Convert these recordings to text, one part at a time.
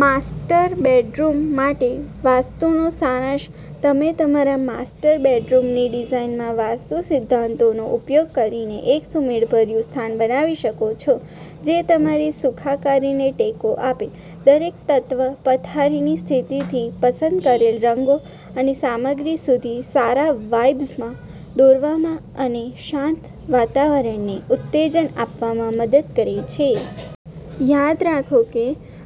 Master bedroom માટે વાસ્તુનો સારાંશ તમે તમારા માસ્ટર બેડરૂમની ડિઝાઇનમાં વાસ્તુ સિદ્ધાંતોનો ઉપયોગ કરીને એક સુમેળભર્યું સ્થાન બનાવી શકો છો જે તમારી સુખાકારીને ટેકો આપે. દરેક તત્વ, પથારીની સ્થિતિથી પસંદ કરેલ રંગો અને સામગ્રી સુધી, સારા વાઇબ્સમાં દોરવામાં અને શાંત વાતાવરણને ઉત્તેજન આપવામાં મદદ કરે છે. યાદ રાખો કે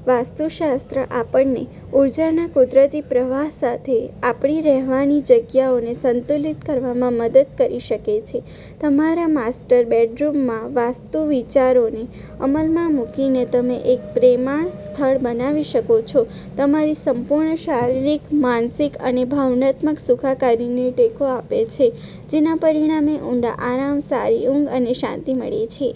વાસ્તુશાસ્ત્ર આપણને ઊર્જાના કુદરતી પ્રવાહ સાથે આપણી રહેવાની જગ્યાઓને સંતુલિત કરવામાં મદદ કરી શકે છે. તમારા માસ્ટર બેડરૂમમાંવાસ્તુ વિચારોને અમલમાં મૂકીને, તમે એક પ્રેમાળ સ્થળ બનાવી શકો છો. તમારી સંપૂર્ણ શારીરિક, માનસિક અને ભાવનાત્મક સુખાકારીને ટેકો આપે છે, જેના પરિણામે ઊંડા આરામ, સારી ઊંઘ અને શાંતિ મળે છે.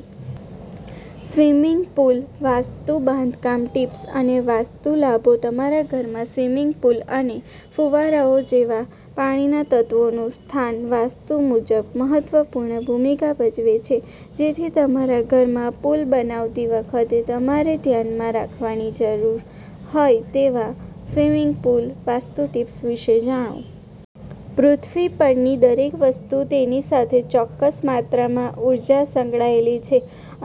સ્વિમિંગ પૂલ વાસ્તુ બાંધકામ ટિપ્સ અને વાસ્તુ લાભો તમારા ઘરમાં સ્વિમિંગ પુલ અને ફુવારાઓ જેવા પાણીના તત્વોનું સ્થાન વાસ્તુ મુજબ મહત્વપૂર્ણ ભૂમિકા ભજવે છે. તેથી તમારા ઘરમાં પૂલ બનાવતી વખતે તમારે ધ્યાનમાં રાખવાની જરૂર હોય તેવા સ્વિમિંગ પૂલ વાસ્તુ ટિપ્સ વિશે જાણો. પૃથ્વી પરની દરેક વસ્તુ તેની સાથે ચોક્કસ માત્રામાં ઉર્જા સંકળાયેલી છે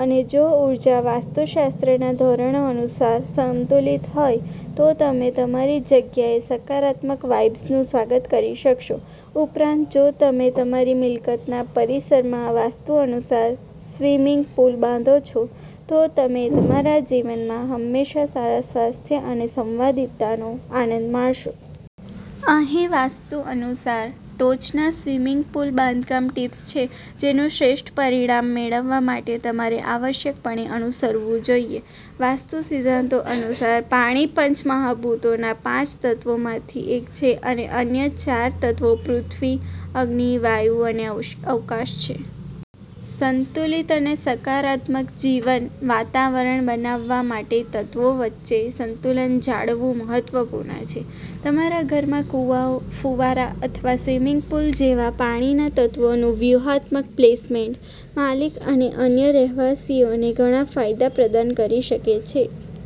અને જોઉર્જા વાસ્તુશાસ્ત્રના ધોરણો અનુસાર સંતુલિત હોય, તો તમે તમારી જગ્યાએ સકારાત્મક વાઇબ્સનું સ્વાગત કરી શકશો. ઉપરાંત, જો તમે તમારી મિલકતના પરિસરમાં વાસ્તુ અનુસાર સ્વિમિંગ પૂલ બાંધો છો, તો તમે તમારા જીવનમાં હંમેશા સારા સ્વાસ્થ્ય અને સંવાદિતાનો આનંદ માણશો. અહીં વાસ્તુ અનુસાર ટોચના સ્વિમિંગ પૂલ બાંધકામ ટિપ્સ છે જેનું શ્રેષ્ઠ પરિણામ મેળવવા માટે તમારે આવશ્યકપણે અનુસરવું જોઈએ. વાસ્તુ સિદ્ધાંતો અનુસાર, પાણીપંચમહાભૂતોના પાંચ તત્વોમાંથી એક છે અને અન્ય ચાર તત્વો પૃથ્વી, અગ્નિ, વાયુ અને અવકાશ છે. સંતુલિત અને સકારાત્મક જીવન વાતાવરણ બનાવવા માટેતત્વો વચ્ચે સંતુલન જાળવવું મહત્વપૂર્ણ છે. તમારા ઘરમાં કુવાઓ, ફુવારા અથવા સ્વિમિંગ પુલ જેવા પાણીના તત્વોનું વ્યૂહાત્મક પ્લેસમેન્ટ, માલિક અને અન્ય રહેવાસીઓને ઘણા ફાયદા પ્રદાન કરી શકે છે.